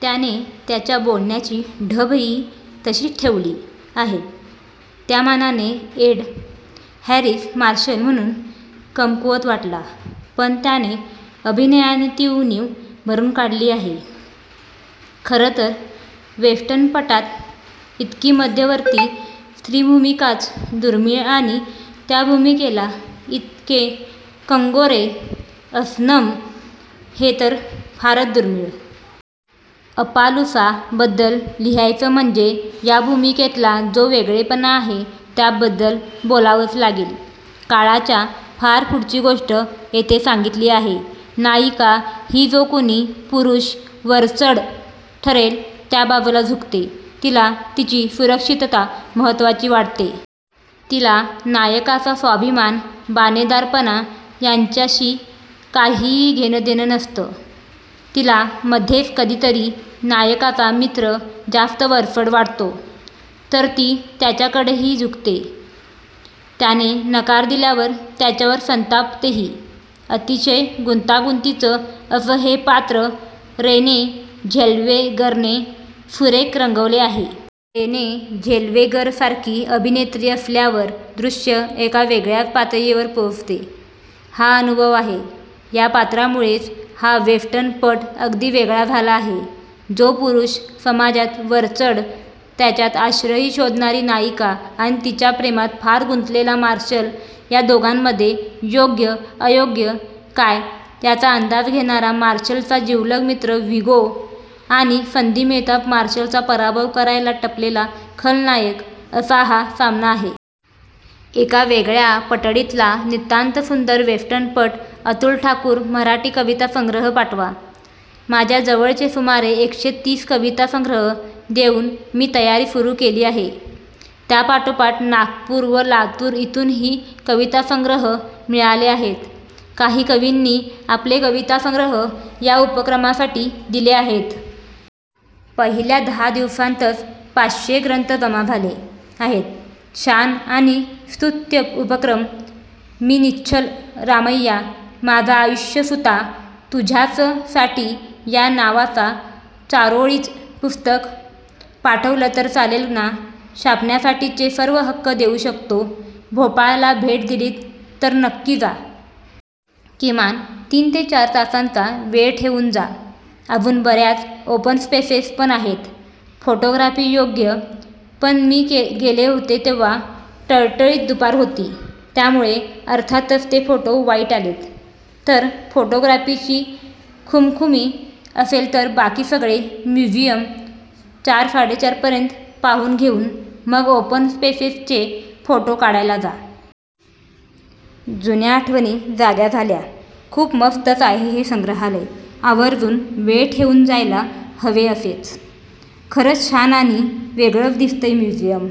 त्याने त्याच्या बोलण्याची ढबही तशीच ठेवली आहे. त्यामानाने एड हॅरीस मार्शल म्हणुन कमकुवत वाटला पण त्याने अभिनयाने ती उणीव भरुन काढली आहे. खरं तर वेस्टर्नपटात इतकी मध्यवर्ती स्त्रीभूमिकाच दुर्मिळ आणि त्या भूमिकेला इतके कंगोरे असण्म हे तर फारच दुर्मिळ. अपालूसा बद्दल लिहायचं म्हणजे या भूमिकेतला जो वेगळेपणा आहे त्याबद्दल बोलावंच लागेल. काळाच्या फार पुढची गोष्ट येथे सांगितली आहे. नायिका ही जो कुणी पुरुष वरचढ ठरेल त्याबाजूला झुकते. तिला तिची सुरक्षितता महत्त्वाची वाटते. तिला नायकाचा स्वाभिमान, बाणेदारपणा यांच्याशी काहीही घेणंदेणं नसतं. तिला मध्येच कधितरी नायकाचा मित्र जास्त वरचढ वाटतो तर ती त्याच्याकडेही झुकते. त्याने नकार दिल्यावर त्याच्यावर संतापतेही. अतिशय गुंतागुंतीचं असं हे पात्र रेने झेल्वेगरने सुरेख रंगवले आहे. रेने झेल्वेगरसारखी अभिनेत्री असल्यावर दृश्य एका वेगळ्याच पातळीवर पोहोचते हा अनुभव आहे. या पात्रामुळेच हा वेस्टर्नपट अगदी वेगळा झाला आहे. जो पुरुष समाजात वरचढ त्याच्यात आश्रय शोधणारी नायिका आणि तिच्या प्रेमात पार गुंतलेला मार्शल या दोघांमध्ये योग्य अयोग्य काय याचा अंदाज घेणारा मार्शलचा जिवलग मित्र व्हीगो आणि संधी मिळताच मार्शलचा पराभव करायला टपलेला खलनायक असा हा सामना आहे. एका वेगळ्या पठडीतला नितांतसुंदर वेस्टर्नपट. अतुल ठाकुर मराठी कविता संग्रह पाठवा माझ्या जवळचे सुमारे एकशे तीस कविता संग्रह देऊन मी तयारी सुरु केली आहे. त्यापाठोपाठ नागपुर व लातुर इथुनही कवितासंग्रह मिळाले आहेत. काही कवींनी आपले कवितासंग्रह या उपक्रमासाठी दिले आहेत. पहिल्या दहा दिवसांतच पाचशे ग्रंथ जमा झाले आहेत. छान आणि स्तुत्य उपक्रम. मी निश्चल रामैया माझा आयुष्यसुता तुझ्याचसाठी या नावाचा चारोळीच पुस्तक पाठवल तर चालेल ना! छापण्यासाठीचे सर्व हक्क देऊ शकतो. भोपाळला भेट दिलीत तर नक्की जा. किमान तीन ते चार तासांचा वेळ ठेवून जा. अजून बर्याच ओपन स्पेसेस पण आहेत फोटोग्राफीयोग्य पण मी गेले होते तेव्हा टळटळीत दुपार होती त्यामुळे अर्थातच ते फोटो वाईट आलेत. तर फोटोग्राफीची खुमखुमी असेल तर बाकी सगळे म्युझियम चार साडेचार पर्यंत पाहून घेऊन मग ओपन स्पेसेसचे फोटो काढायला जा. जुन्या आठवणी जाग्या झाल्या. खूप मस्तच आहे हे संग्रहालय आवर्जून वेळ ठेवून जायला हवे असेच. खरच छान आणि वेगळच दिसतय म्युझियम.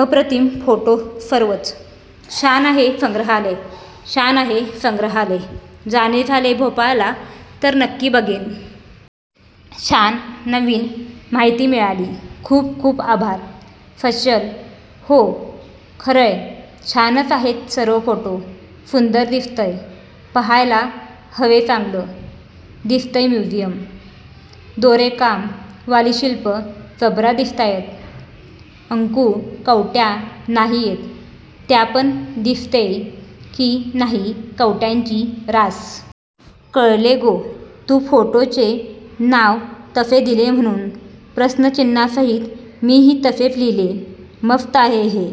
अप्रतिम फोटो सर्वच. छान आहे संग्रहालय. छान आहे संग्रहालय! जाणे झाले भोपाळला तर नक्की बघेन. छान नवीन माहिती मिळाली. खूप खूप आभार. सशल, हो. खरंय. छानच आहेत सर्व फोटो. सुंदर दिसतंय, पहायला हवेचांगलं दिसतंय म्युझियम. दोरे काम वाली शिल्प जबरा दिसतायत. अंकु, कवट्या नाहीयेत त्या. पण दिसतेय की नाही कवट्यांची रास? कळले गो. तु फोटोचे नाव तसे दिले म्हणुन प्रश्नचिन्हासहित मी ही तसेच लिहले. मस्त आहे हे!